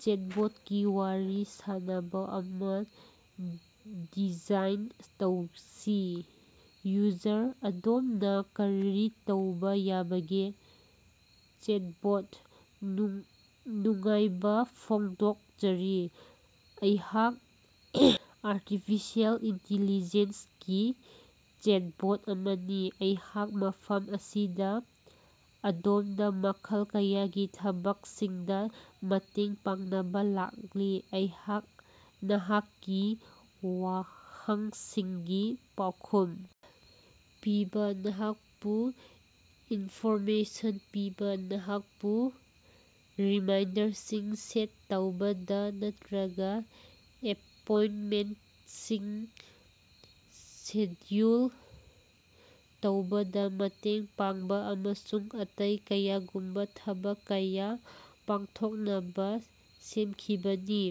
ꯆꯦꯠꯕꯣꯠꯀꯤ ꯋꯥꯔꯤ ꯁꯥꯅꯕꯥ ꯑꯃꯥ ꯗꯤꯖꯥꯏꯟ ꯇꯧꯁꯤ꯫ ꯌꯨꯖꯔ: ꯑꯗꯣꯝꯅꯥ ꯀꯔꯤ ꯇꯧꯕꯥ ꯌꯥꯕꯒꯦ? ꯆꯦꯠꯕꯣꯠ: ꯅꯨꯡꯉꯥꯏꯕꯥ ꯐꯣꯡꯗꯣꯛꯆꯔꯤ, ꯑꯩꯍꯥꯛ ꯑꯔꯇꯤꯐꯤꯁꯦꯜ ꯏꯟꯇꯤꯂꯤꯖꯦꯟꯁꯒꯤ ꯆꯦꯠꯕꯣꯠ ꯑꯃꯅꯤ, ꯑꯩꯍꯥꯛ ꯃꯐꯝ ꯑꯁꯤꯗꯥ ꯑꯗꯣꯝꯗꯥ ꯃꯈꯜ ꯀꯌꯥꯒꯤ ꯊꯕꯛꯁꯤꯡꯗꯥ ꯃꯇꯦꯡ ꯄꯥꯡꯅꯕꯥ ꯂꯥꯛꯂꯤ꯫ ꯑꯩꯍꯥꯛ ꯅꯍꯥꯛꯀꯤ ꯋꯥꯍꯪꯁꯤꯡꯒꯤ ꯄꯥꯎꯈꯨꯝ ꯄꯤꯕꯥ, ꯅꯍꯥꯛꯄꯨ ꯏꯟꯐꯣꯔꯃꯦꯁꯟ ꯄꯤꯕꯥ, ꯅꯍꯥꯛꯄꯨ ꯔꯤꯃꯥꯏꯟꯗꯔꯁꯤꯡ ꯁꯦꯠ ꯇꯧꯕꯗꯥ ꯅꯠꯇ꯭ꯔꯒꯥ ꯑꯦꯄꯣꯏꯟꯇꯃꯦꯟꯇꯁꯤꯡ ꯁꯦꯗ꯭ꯌꯨꯜ ꯇꯧꯕꯗꯥ ꯃꯇꯦꯡ ꯄꯥꯡꯕꯥ ꯑꯃꯁꯨꯡ ꯑꯇꯩ ꯀꯌꯥꯒꯨꯝꯕꯥ ꯊꯕꯛ ꯀꯌꯥ ꯄꯥꯡꯊꯣꯛꯅꯕꯥ ꯁꯦꯝꯈꯤꯕꯅꯤ꯫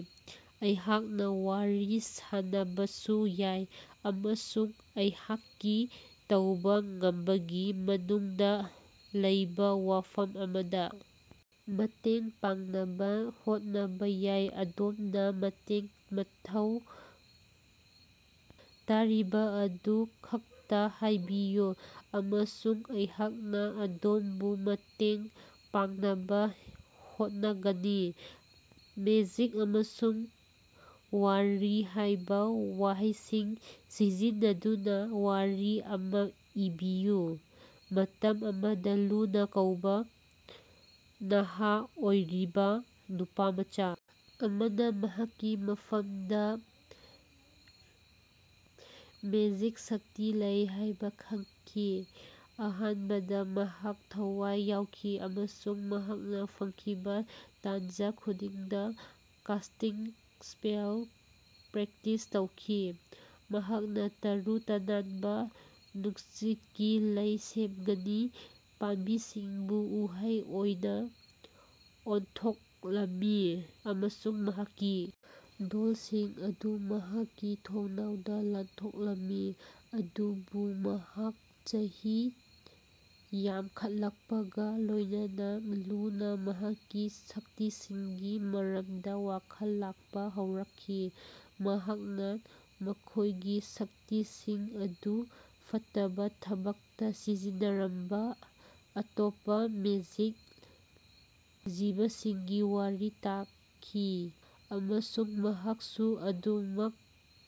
ꯑꯩꯍꯥꯛꯅꯥ ꯋꯥꯔꯤ ꯁꯥꯅꯕꯁꯨ ꯌꯥꯏ ꯑꯃꯁꯨꯡ ꯑꯩꯍꯥꯛꯀꯤ ꯇꯧꯕꯥ ꯉꯝꯕꯒꯤ ꯃꯅꯨꯡꯗꯥ ꯂꯩꯕꯥ ꯋꯥꯐꯝ ꯑꯃꯗꯥ ꯃꯇꯦꯡ ꯄꯥꯡꯅꯕꯥ ꯍꯣꯠꯅꯕꯥ ꯌꯥꯏ꯫ ꯑꯗꯣꯝꯅꯥ ꯃꯇꯦꯡ ꯃꯊꯧ ꯇꯥꯔꯤꯕꯥ ꯑꯗꯨ ꯈꯛꯇꯥ ꯍꯥꯏꯕꯤꯌꯨ ꯑꯃꯁꯨꯡ ꯑꯩꯍꯥꯛꯅꯥ ꯑꯗꯣꯝꯕꯨ ꯃꯇꯦꯡ ꯄꯥꯡꯅꯕꯥ ꯍꯣꯠꯅꯒꯅꯤ꯫ ꯃꯦꯖꯤꯛ ꯑꯃꯁꯨꯡ ꯋꯥꯔꯤ ꯍꯥꯏꯕꯥ ꯋꯥꯍꯩꯁꯤꯡ ꯁꯤꯖꯤꯟꯅꯗꯨꯅꯥ ꯋꯥꯔꯤ ꯑꯃꯥ ꯏꯕꯤꯌꯨ꯫ ꯃꯇꯝ ꯑꯃꯗꯥ ꯂꯨꯅꯥ ꯀꯧꯕꯥ ꯅꯍꯥ ꯑꯣꯏꯔꯤꯕꯥ ꯅꯨꯄꯤꯃꯆꯥ ꯑꯃꯅꯥ ꯃꯍꯥꯛꯀꯤ ꯃꯐꯝꯗꯥ ꯃꯦꯖꯤꯛꯀꯤ ꯁꯛꯇꯤ ꯂꯩ ꯍꯥꯏꯕꯥ ꯈꯪꯈꯤ꯫ ꯑꯍꯥꯟꯕꯗꯥ ꯃꯍꯥꯛ ꯊꯋꯥꯏ ꯌꯥꯎꯈꯤ ꯑꯃꯁꯨꯡ ꯃꯍꯥꯛꯅꯥ ꯐꯪꯈꯤꯕꯥ ꯇꯥꯟꯖꯥ ꯈꯨꯗꯤꯡꯗꯥ ꯀꯥꯁꯇꯤꯡ ꯁ꯭ꯄꯦꯜ ꯄ꯭ꯔꯦꯛꯇꯤꯁ ꯇꯧꯈꯤ꯫ ꯃꯍꯥꯛꯅꯥ ꯇꯔꯨ ꯇꯅꯥꯟꯕꯥ ꯅꯨꯡꯁꯤꯠꯇꯒꯤ ꯂꯩ ꯁꯦꯝꯒꯅꯤ, ꯄꯥꯝꯕꯤꯁꯤꯡꯕꯨ ꯎꯍꯩ ꯑꯣꯏꯅꯥ ꯑꯣꯟꯊꯣꯛꯂꯝꯃꯤ ꯑꯃꯁꯨꯡ ꯃꯍꯥꯛꯀꯤ ꯗꯣꯜꯁꯤꯡ ꯑꯗꯨ ꯃꯍꯥꯛꯀꯤ ꯊꯣꯡꯅꯥꯎꯗꯥ ꯂꯥꯟꯊꯣꯛꯂꯝꯃꯤ꯫ ꯑꯗꯨꯕꯨ ꯃꯍꯥꯛ ꯆꯍꯤ ꯌꯥꯝꯈꯠꯂꯛꯄꯒꯥ ꯂꯣꯏꯅꯅꯥ ꯂꯨꯅꯥ ꯃꯍꯥꯛꯀꯤ ꯁꯛꯇꯤꯁꯤꯡꯒꯤ ꯃꯔꯝꯗꯥ ꯋꯥꯈꯜ ꯂꯥꯛꯄꯥ ꯍꯧꯔꯛꯈꯤ꯫ ꯃꯍꯥꯛꯅꯥ ꯃꯈꯣꯏꯒꯤ ꯁꯛꯇꯤꯁꯤꯡ ꯑꯗꯨ ꯐꯠꯇꯕꯥ ꯊꯕꯛꯇꯥ ꯁꯤꯖꯤꯟꯅꯔꯝꯕꯥ ꯑꯇꯣꯞꯄꯥ ꯃꯦꯖꯤꯛ ꯖꯤꯕꯁꯤꯡꯒꯤ ꯋꯥꯔꯤ ꯇꯥꯈꯤ ꯑꯃꯁꯨꯡ ꯃꯍꯥꯛꯁꯨ ꯑꯗꯨꯃꯛ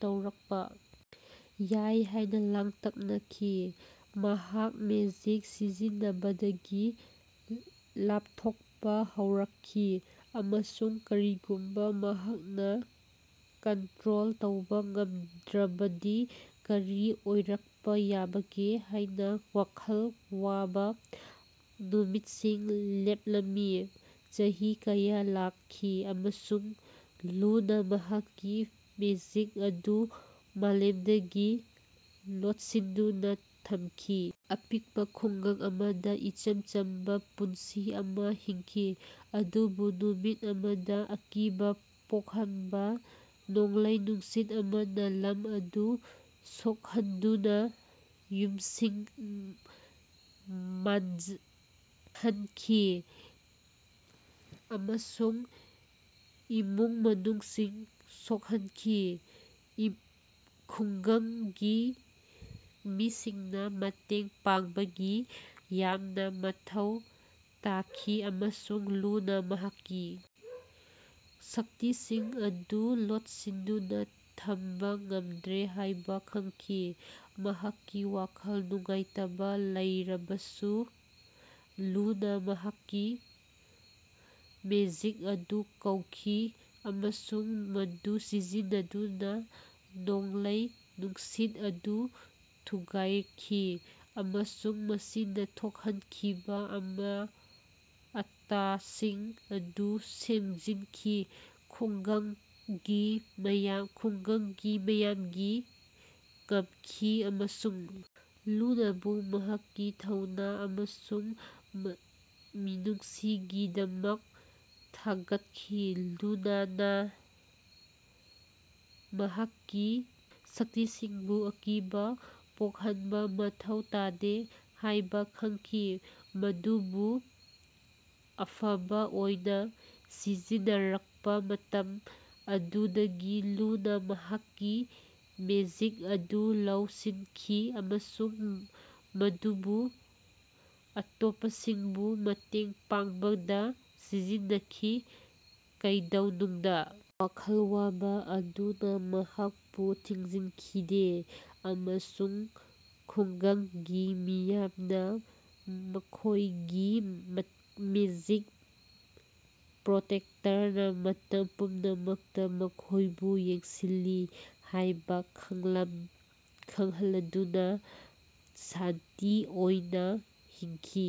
ꯇꯧꯔꯛꯄꯥ ꯌꯥꯏ ꯍꯥꯏꯅꯥ ꯂꯥꯡꯇꯛꯅꯈꯤ꯫ ꯃꯍꯥꯛ ꯃꯦꯖꯤꯛ ꯁꯤꯖꯤꯟꯅꯕꯗꯒꯤ ꯂꯥꯞꯊꯣꯛꯄꯥ ꯍꯧꯔꯛꯈꯤ ꯑꯃꯁꯨꯡ ꯀꯔꯤꯒꯨꯝꯕꯥ ꯃꯍꯥꯛꯅꯥ ꯀꯟꯇ꯭ꯔꯣꯜ ꯇꯧꯕꯥ ꯉꯝꯗ꯭ꯔꯕꯗꯤ ꯀꯔꯤ ꯑꯣꯏꯔꯛꯄꯥ ꯌꯥꯕꯒꯦ ꯍꯥꯏꯅꯥ ꯋꯥꯈꯜ ꯋꯥꯕꯥ ꯅꯨꯃꯤꯠꯁꯤꯡ ꯂꯦꯞꯂꯝꯃꯤ꯫ ꯆꯍꯤ ꯀꯌꯥ ꯂꯥꯛꯈꯤ ꯑꯃꯁꯨꯡ ꯂꯨꯅꯥ ꯃꯍꯥꯛꯀꯤ ꯃꯦꯖꯤꯛ ꯑꯗꯨ ꯃꯥꯂꯦꯝꯗꯒꯤ ꯂꯣꯠꯁꯤꯟꯗꯨꯅꯥ ꯊꯝꯈꯤ, ꯑꯄꯤꯛꯄꯥ ꯈꯨꯡꯒꯪ ꯑꯃꯗꯥ ꯏꯆꯝ ꯆꯝꯕꯥ ꯄꯨꯟꯁꯤ ꯑꯃꯥ ꯍꯤꯡꯈꯤ꯫ ꯑꯗꯨꯕꯨ ꯅꯨꯃꯤꯠ ꯑꯃꯗꯥ ꯑꯀꯤꯕꯥ ꯄꯣꯛꯍꯟꯕꯥ ꯅꯣꯡꯂꯩ-ꯅꯨꯡꯁꯤꯠ ꯑꯃꯅꯥ ꯂꯝ ꯑꯗꯨ ꯁꯣꯛꯍꯟꯗꯨꯅꯥ ꯌꯨꯝꯁꯤꯡ ꯃꯥꯡꯍꯟꯈꯤ ꯑꯃꯁꯨꯡ ꯏꯃꯨꯡ-ꯃꯅꯨꯡꯁꯤꯡ ꯁꯣꯛꯍꯟꯈꯤ꯫ ꯈꯨꯡꯒꯪꯒꯤ ꯃꯤꯁꯤꯡꯅꯥ ꯃꯇꯦꯡ ꯄꯥꯡꯕꯒꯤ ꯌꯥꯝꯅꯥ ꯃꯊꯧ ꯇꯥꯈꯤ ꯑꯃꯁꯨꯡ ꯂꯨꯅꯥ ꯃꯍꯥꯛꯀꯤ ꯁꯛꯇꯤꯁꯤꯡ ꯑꯗꯨ ꯂꯣꯠꯁꯤꯟꯗꯨꯅꯥ ꯊꯝꯕꯥ ꯉꯝꯗ꯭ꯔꯦ ꯍꯥꯏꯕꯥ ꯈꯪꯈꯤ꯫ ꯃꯍꯥꯛꯀꯤ ꯋꯥꯈꯜ ꯅꯨꯡꯉꯥꯏꯇꯕꯥ ꯂꯩꯔꯕꯁꯨ ꯂꯨꯅꯥ ꯃꯍꯥꯛꯀꯤ ꯃꯦꯖꯤꯛ ꯑꯗꯨ ꯀꯧꯈꯤ ꯑꯃꯁꯨꯡ ꯃꯗꯨ ꯁꯤꯖꯤꯟꯅꯗꯨꯅꯥ ꯅꯣꯡꯂꯩ ꯅꯨꯡꯁꯤꯠ ꯑꯗꯨ ꯊꯨꯒꯥꯏꯈꯤ ꯑꯃꯁꯨꯡ ꯃꯁꯤꯅꯥ ꯊꯣꯛꯍꯟꯈꯤꯕꯥ ꯑꯃꯥꯡ-ꯑꯇꯥꯁꯤꯡ ꯑꯗꯨ ꯁꯦꯝꯖꯤꯟꯈꯤ꯫ ꯈꯨꯡꯒꯪꯒꯤ ꯃꯤꯌꯥꯝꯅꯥ ꯉꯛꯈꯤ ꯑꯃꯁꯨꯡ ꯂꯨꯅꯥꯕꯨ ꯃꯍꯥꯛꯀꯤ ꯊꯧꯅꯥ ꯑꯃꯁꯨꯡ ꯃꯤꯅꯨꯡꯁꯤꯒꯤꯗꯃꯛ ꯊꯥꯒꯠꯈꯤ꯫ ꯂꯨꯅꯥꯅꯥ ꯃꯍꯥꯛꯀꯤ ꯁꯛꯇꯤꯁꯤꯡꯕꯨ ꯑꯀꯤꯕꯥ ꯄꯣꯛꯍꯟꯕꯥ ꯃꯊꯧ ꯇꯥꯗꯦ ꯍꯥꯏꯕꯥ ꯈꯪꯈꯤ, ꯃꯗꯨꯕꯨ ꯑꯐꯕꯥ ꯑꯣꯏꯅꯥ ꯁꯤꯖꯤꯟꯅꯔꯛꯄꯥ ꯃꯇꯝ ꯑꯗꯨꯗꯒꯤ ꯂꯨꯅꯥ ꯃꯍꯥꯛꯀꯤ ꯃꯦꯖꯤꯛ ꯑꯗꯨ ꯂꯧꯁꯤꯟꯈꯤ ꯑꯃꯁꯨꯡ ꯃꯗꯨꯕꯨ ꯑꯇꯣꯞꯄꯁꯤꯡꯕꯨ ꯃꯇꯦꯡ ꯄꯥꯡꯕꯗꯥ ꯁꯤꯖꯤꯟꯅꯈꯤ, ꯀꯩꯗꯧꯅꯨꯡꯗꯥ ꯋꯥꯈꯜ ꯋꯥꯕꯥ ꯑꯗꯨꯅꯥ ꯃꯍꯥꯛꯄꯨ ꯊꯤꯡꯖꯤꯟꯈꯤꯗꯦ꯫ ꯑꯃꯁꯨꯡ ꯈꯨꯡꯒꯪꯒꯤ ꯃꯤꯌꯥꯝꯅꯥ ꯃꯈꯣꯏꯒꯤ ꯃꯦꯖꯤꯛ ꯄ꯭ꯔꯣꯇꯦꯛꯇꯔꯅꯥ ꯃꯇꯝ ꯄꯨꯝꯅꯃꯛꯇꯥ ꯃꯈꯣꯏꯕꯨ ꯌꯦꯡꯁꯤꯜꯂꯤ ꯍꯥꯏꯕꯥ ꯈꯜꯂꯗꯨꯅꯥ ꯁꯥꯟꯇꯤ ꯑꯣꯏꯅꯥ ꯍꯤꯡꯈꯤ꯫